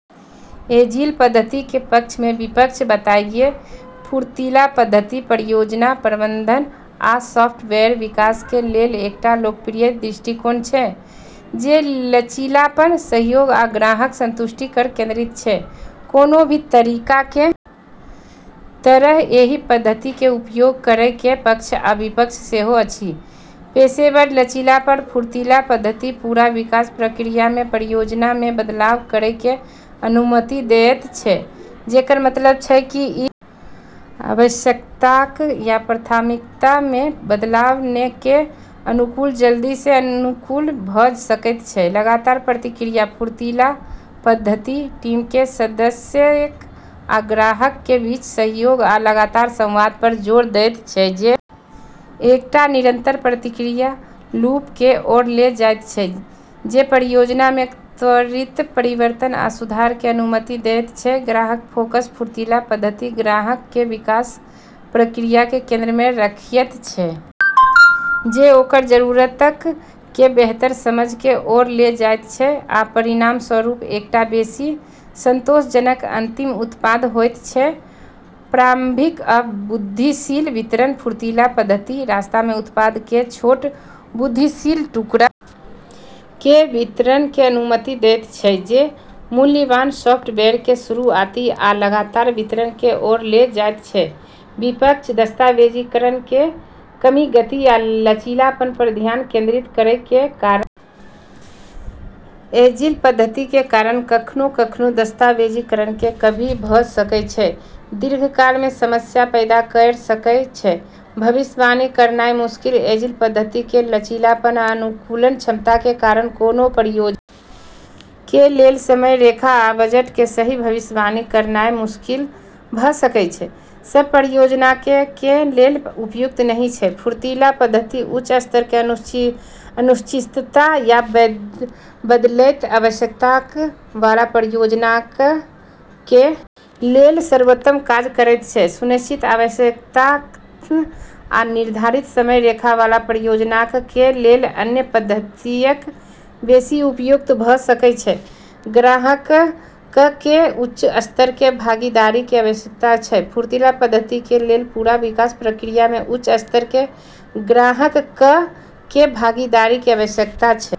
Agile पद्धति के पक्ष एवं विपक्ष बताइए फुर्तीला पद्धति परियोजना प्रबंधन आ सॉफ्टवेयर विकास कें लेल एकटा लोकप्रिय दृष्टिकोण छै जे लचीलापन, सहयोग आ ग्राहक संतुष्टि पर केंद्रित छै, कोनो भी तरीका के तरह एहि पद्धति के उपयोग करय के पक्ष आ विपक्ष सेहो अछि, पेशेवर लचीलापन फुर्तीला पद्धति पूरा विकास प्रक्रिया मे परियोजना मे बदलाव करय कें अनुमति देयत छै जेकर मतलब छै की इ आवश्यकताक या प्राथमिकता मे बदलाव कें अनुकूल जल्दी सं अनुकूल भ सकय छै, लगातार प्रतिक्रिया फुर्तीला पद्धति टीम कें सदस्यक आ ग्राहक कें बीच सहयोग आ लगातार संवाद पर जोर देयत छै जे एकटा निरंतर प्रतिक्रिया लूप कें ओर ले जायत छै जे परियोजना मे त्वरित परिवर्तन आ सुधार कें अनुमति देयत छै, ग्राहक फोकस फुर्तीला पद्धति ग्राहक कें विकास प्रक्रिया कें केंद्र मे रखयत छै जे ओकर जरूरतक कें बेहतर समझ कें ओर ले जायत छै आ परिणामस्वरूप एकटा बेसि संतोषजनक अंतिम उत्पाद होयत छै, प्रारंभिक आ वृद्धिशील वितरण फुर्तीला पद्धति रास्ता मे उत्पाद कें छोट, वृद्धिशील टुकड़ा कें वितरण कें अनुमति देयत छै जे मूल्यवान सॉफ्टवेयर कें शुरु आती आ लगातार वितरण कें ओर ले जायत छै, विपक्ष दस्तावेजीकरण कें कमी गति आ लचीलापन पर ध्यान केंद्रित करय कें कारण एजिल पद्धति कें कारण कखनों-कखनों दस्तावेजीकरण कें कमी भ सकय छै जे दीर्घकाल मे समस्या पैदा कयर सकय छै, भविष्यवाणी करनाय मुश्किल एजिल पद्धति कें लचीलापन आ अनुकूलन क्षमता कें कारण कोनों परियोजना कें लेल समय रेखा आ बजट कें सही भविष्यवाणी करनाय मुश्किल भ सकय छै, सब परियोजनाक कें लेल उपयुक्त नहि छै, फुर्तीला पद्धति उच्च स्तर कें अनिश्चितता या बदलैत आवश्यकताक वाला परियोजनाक कें लेल सर्वोत्तम काज करयत छै, सुनिश्चित आवश्यकताक आ निर्धारित समय रेखा वाला परियोजनाक कें लेल अन्य पद्धतियक बेसि उपयुक्त भ सकय छै, ग्राहकक कें उच्च स्तर कें भागीदारी कें आवश्यकता छै फुर्तीला पद्धति कें लेल पूरा विकास प्रक्रिया मे उच्च स्तर कें ग्राहकक कें भागीदारी कें आवश्यकता छै।